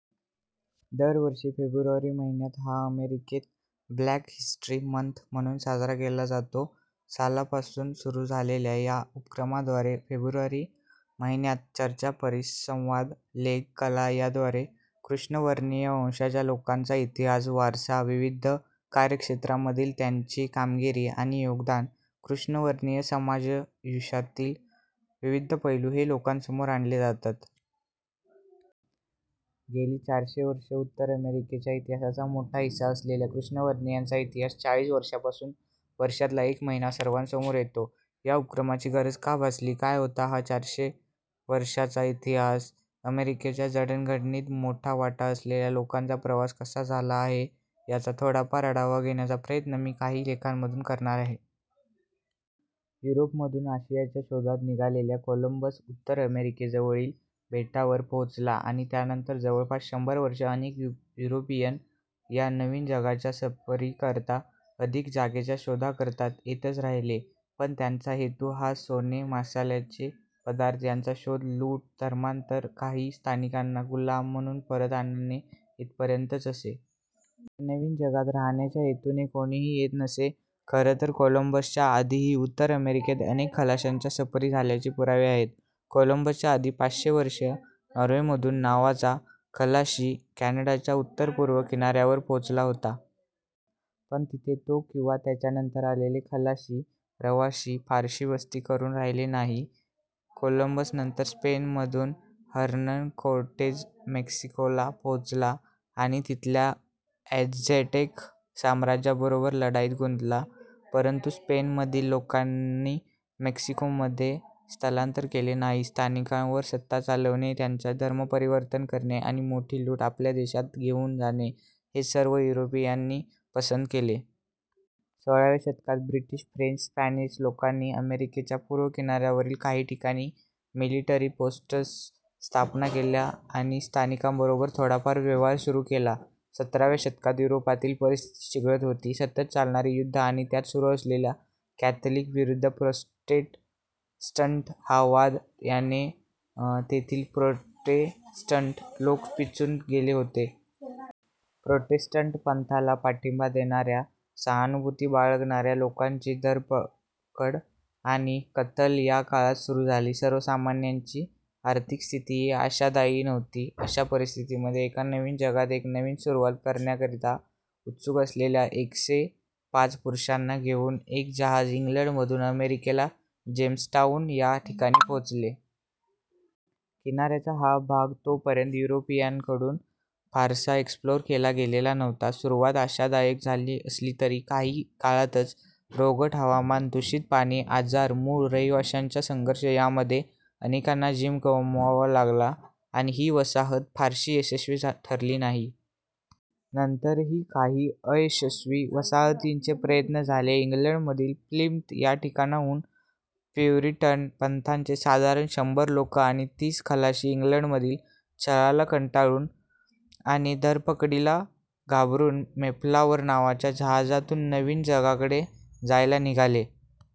दर वर्षी फेब्रुवारी महिना हा अमेरिकेत 'ब्लॅक हिस्टरी मंथ' म्हणून साजरा केला जातो. सालापासून सुरु झालेल्या या उपक्रमाद्वारे फेब्रुवारी महिन्यात चर्चा, परिसंवाद, लेख, कला याद्वारे कृष्णवर्णीय वंशाच्या लोकांचा इतिहास, वारसा, विविध कार्यक्षेत्रामधील त्यांची कामगिरी आणि योगदान, कृष्णवर्णीय समाजायुष्यातील विविध पैलू हे लोकांसमोर आणले जातात. गेली चारशे वर्षं उत्तर अमेरिकेच्या इतिहासाचा मोठा हिस्सा असलेल्या कृष्णवर्णीयांचा इतिहास चाळीस वर्षांपासून वर्षातला एक महिना सर्वांसमोर येतो. या उपक्रमाची गरज का भासली, काय होता हा चारसे वर्षांचा इतिहास, अमेरिकेच्या जडणघडणीत मोठा वाटा असलेल्या लोकांचा प्रवास कसा झाला आहे याचा थोडाफार आढावा घेण्याचा प्रयत्न मी काही लेखांमधून करणार आहे. युरोपमधून अशियाच्या शोधात निघालेला कोलंबस उत्तर अमेरिकेजवळील बेटांवर पोहोचला, आणि त्यानंतर जवळपास शंभर वर्षं अनेक युरोपियन या नवीन जगाच्या सफरीकरता, अधिक जागेच्या शोधाकरता येतच राहिले. पण त्यांचा हेतू हा सोने, मसाल्याचे पदार्थ यांचा शोध, लूट, धर्मांतर, काही स्थानिकांना गुलाम म्हणून परत आणणे इथपर्यंतच असे. या नवीन जगात राहण्याच्या हेतूने कोणीही येत नसे. खरं तर कोलंबसच्या आधीही उत्तर अमेरिकेत अनेक खलाशांच्या सफरी झाल्याचे पुरावे आहेत. कोलंबसच्या आधी पाचशे वर्ष नॉर्वेमधून नावाचा खलाशी कॅनडाच्या उत्तर पूर्व किनार्यावर पोहोचला होता. पण तिथे तो किंवा त्याच्यानंतर आलेले खलाशी ्रवासी फारशी वस्ती करुन राहिले नाही. कोलंबसनंतर स्पेनमधून हर्नन कॉर्टेझ मेक्सिकोला पोहोचला, आणि तिथल्या अॅझ्टेक साम्राज्याबरोबर लढाईत गुंतला. परंतू स्पेनमधील लोकांनी मेक्सिकोमध्ये स्थलांतर केले नाही. स्थानिकांवर सत्ता चालवणे, त्यांचे धर्मपरिवर्तन करणे आणि मोठी लूट आपल्या देशात घेऊन जाणे हेच सर्व युरोपियनांनी पसंत केले. सोळाव्या शतकात ब्रिटिश, फ्रेंच, स्पॅनिश लोकांनी अमेरिकेच्या पूर्व किनार्यावरील काही ठिकाणी मिलिटरी पोस्ट्स स्थापन केल्या आणि स्थानिकांबरोबर थोडाफार व्यवहार सुरु केला. सतराव्या शतकात युरोपातली परिस्थिती चिघळत होती. सतत चालणारी युद्धं आणि त्यात सुरु असलेला कॅथलिक विरुद्ध प्रोटेस्टंट हा वाद याने तेथील प्रोटेस्टंट लोक पिचून गेले होते. प्रोटेस्टंट पंथाला पाठींबा देणार्या, सहानुभूती बाळगणार्या लोकांची धरपकड आणि कत्तल या काळात सुरु झाली. सर्वसामान्यांची आर्थिक स्थितीही आशादायी नव्हती. अशा परिस्थितीमध्ये एका नवीन जगात एक नवी सुरुवात करण्याकरता उत्सुक असलेल्या एकसे पाच पुरुषांना घेउन एक जहाज इंग्लंडमधून अमेरिकेला जेम्सटाउन या ठिकाणी पोहोचले. किनार्याचा हा भाग तोपर्यंत युरोपियनांकडून फारसा 'एक्स्प्लोअर' केला गेलेला नव्हता. सुरुवात आशादायक झाली असली तरी काही काळातच रोगट हवामान, दुषित पाणी, आजार, मूळ रहिवाश्यांशी संघर्ष यामध्ये अनेकांना जीव गमवावा लागला आणि ही वसाहत फारशी यशस्वी ठरली नाही. नंतरही काही अयशस्वी वसाहतींचे प्रयत्न झाले. इंग्लंडमधील प्लिमथ या ठिकाणाहून प्युरिटन पंथाचे साधारण शंभर लोक आणि तीस खलाशी इंग्लंडमधील छळाला कंटाळून आणि धरपकडीला घाबरुन मेफ्लावर नावाच्या जहाजातून नवीन जगाकडे जायला निघाले.